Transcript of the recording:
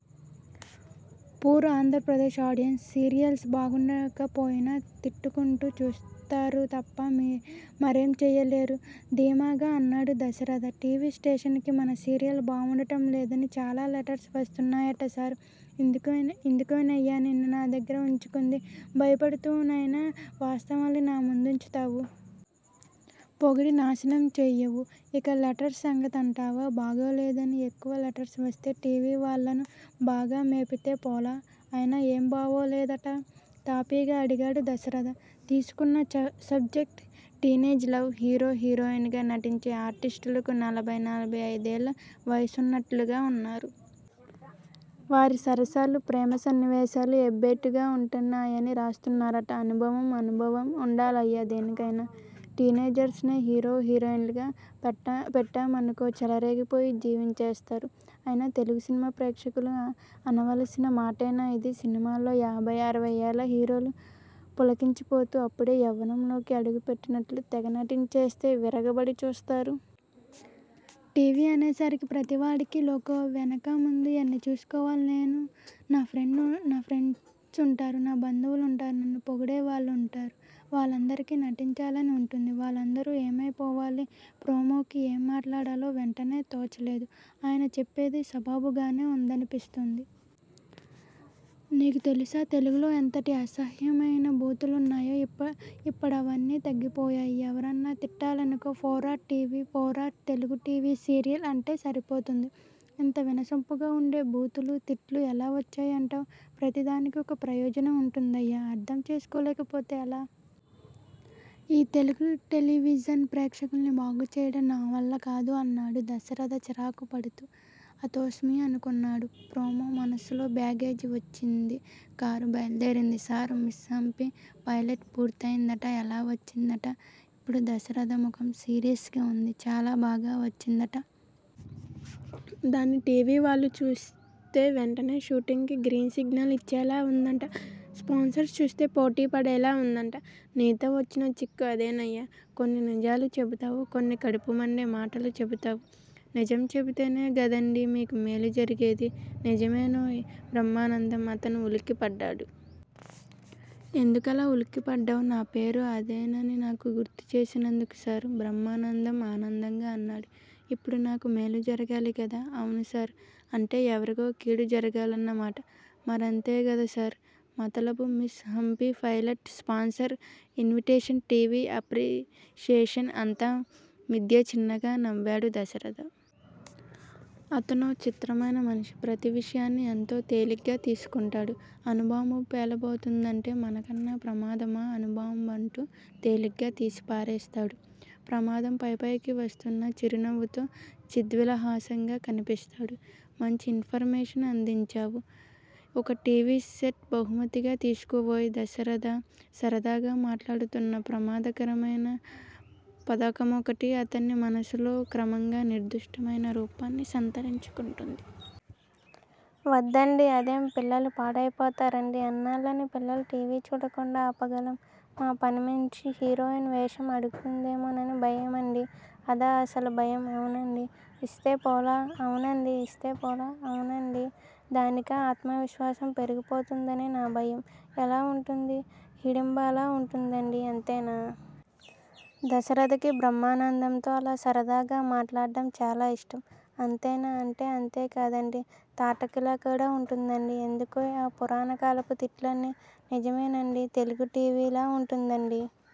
Poor Andhra Pradesh audience serials బాగుండకపోయినా తిట్టుకొంటూ చూస్తారు తప్ప మరేం చేయలేరు ' ధీమాగా అన్నాడు దశరథ. టి. వి. స్టేషన్ కి మన సీరియల్ బావుండటంలేదని చాలా లెటర్స్ వస్తున్నాయట సార్ ఇందుకేనయ్య నిన్ను నా దగ్గరే ఉంచుకుంది. భయపడుతూనైనా వాస్తవాల్ని నా ముందుంచుతావు. పొగిడి నాశనం చేయవు. ఇక లెటర్స్ సంగతంటావా? బాగాలేదని ఎక్కువ లెటర్స్ వస్తే టీ. వీ. వాళ్ళను బాగా మేపితే పోలా? అయినా ఏం బావోలేదట? తాపీగా అడిగాడు దశరథ. తీసుకున్న subject teenage love. Hero, heroine గా నటించే ఆర్టిస్టులకు నలభై, నలభై ఐదేళ్ళ వయస్సున్నట్లుగా ఉన్నారు. వారి సరసాలు. ప్రేమ సన్నివేశాలు ఎబ్బెట్టుగా ఉంటున్నాయని రాస్తున్నారట అనుభవం అనుభవం ఉండాలయ్యదేనికైనా. టీనేజర్స్ నే హీరో, హీరోయిన్లుగా పెట్టమనుకో చెలరేగిపోయి జీవించేస్తారు. అయినా తెలుగు సినిమా ప్రేక్షకులు అనవలసిన మాటేనా ఇది! సినిమాల్లో, యాభై అరవై ఏళ్ళ హీరోలు పులకించిపోతూ అప్పుడే యవ్వనంలోకి అడగుపెట్టినట్లు తెగ నటించేస్తే, విరగబడి చూస్తారు. టీ. వీ. అనే సరికి ప్రతివాడికీ లోకువే వెనుకా ముందు ఎన్ని చూసుకోవాలి నేను? నా ఫ్రెండ్స్ ఉంటారు-నా బంధువులుంటారు-నన్ను పొగిడే వాళ్ళుంటారు. వాళ్ళందరికీ నటించాలని ఉంటుంది. వాళ్ళందరూ ఏమైపోవాలి? ప్రో. మే. కి ఏం మాట్లాడాలో వెంటనే తోచలేదు. ఆయన చెప్పేది సబబుగానే ఉందనిపిస్తోంది. నీకు తెలుసా తెలుగులో ఎంతటి అసహ్యమైన బూతులున్నాయో? ఇప్పడవన్నీ తగ్గిపోయాయి. ఎవర్నన్నా తిట్టాలనుకో ఫోరా టి. వి. ఫోరా తెలుగుటీవీ సీరియల్ అంటే సరిపోతుంది. ఇంత వినసొంపుగా ఉండే బూతులు, తిట్లు ఎలా వచ్చాయంటావ్? ప్రతి దానికి ఒక ప్రయోజనం ఉంటుందయ్యా అర్థం చేసుకోలేకపోతే ఎలా? ఈ తెలుగు టెలివిజన్ ప్రేక్షకుల్ని బాగుచేయడం నావల్లకాదు అన్నాడు దశరథ చిరాకుపడుతూ. హతోస్మి అనుకున్నాడు ప్రో. మే మనస్సులో. బ్యాగేజి వచ్చింది. కారు బయల్దేరింది. సార్ మిస్ హంపి పైలట్ పూర్తయిందట ఎలా వచ్చిందట? ఇప్పుడు దశరథ ముఖం సీరియస్ గా ఉంది. చాలా బాగా వచ్చిందట. దాన్ని టీవీ వాళ్ళు చూస్తే వెంటనే షూటింగ్ కి గ్రీన్ సిగ్నల్ ఇచ్చేలా ఉందట. స్పాన్సరర్స్ చూస్తే పోటీపడేలా ఉందట. నీతో వచ్చిన చిక్కు అదేనయ్యా కొన్ని నిజాలు చెబుతావు. కొన్ని కడుపు మండే మాటలు చెబుతావు నిజం చెబితేనే గదండి మీకు మేలు జరిగేది నిజమేనోయ్ బ్రహ్మానందం అతను ఉలిక్కిపడ్డాడు. ఎందుకలా ఉలిక్కిపడ్డావ్? నాపేరు అదేనని నాకు గుర్తుచేసినందుకు సార్ బ్రహ్మానందం ఆనందంగా అన్నాడు. ఇప్పుడు నాకు మేలు జరగాలి కదా? అవునుసార్ అంటే ఎవరికో కీడు జరగాలన్న మాట. మరేంతేగదాసర్ మతలబు miss Hampi pilot sponsor invitation TV appreciation అంతా మిధ్య చిన్నగా నవ్వాడు దశరథ. అతనో చిత్రమైన మనిషి. ప్రతి విషయాన్ని ఎంతో తేలిగ్గా తీసుకుంటాడు. అణుబాంబు పేలబో తోందంటే మనకన్నా ప్రమాదమా అణుబాంబంటూ తేలిగ్గా తీసిపారేస్తాడు. ప్రమాదం పైపైకి వస్తున్నా చిర్నవ్వుతో చిద్విలాసంగా కనిపిస్తాడు. మంచి ఇన్ ఫర్మేషన్ అందించావు. ఒక టీవీ సెట్ బహుమతిగా తీసుకోవోయ్ దశరథ సరదాగా మాట్లాడుతున్నా ప్రమాదకరమైన పతకమొకటి అతని మనస్సులో క్రమంగా నిర్దుష్టమైన రూపాన్ని సంతరించుకుంటోంది. వద్దండి అదేం? పిల్లలు పాడైపోతారండి ఎన్నాళ్ళని పిల్లలు టీవీ చూడకుండా ఆపగలవ్? మా పనిమనిషి హీరోయిన్ వేషం అడుగుతుందేమోనని భయమండి అదా అసలు భయం అవునండీ ఇస్తేపోలా? అవునండీ ఇస్తేపోలా? అవునండి. దానికా ఆత్మవిశ్వాసం పెరిగిపోతుందనే నా భయం ఎలా ఉంటుంది? హిడింబీలా ఉంటుందండి అంతేనా? దశరథకి బ్రహ్మానందంతో అలా సరదాగా మాట్లాడటం చాలా ఇష్టం. అంతేనా అంటే అంతేకాదండి తాటకిలా కూడా ఉంటుందండి ఎందుకోయ్ ఆ పురాణకాలపు తిట్లన్నీ? నిజమేనండి. తెలుగు టీవీలా ఉంటుందండి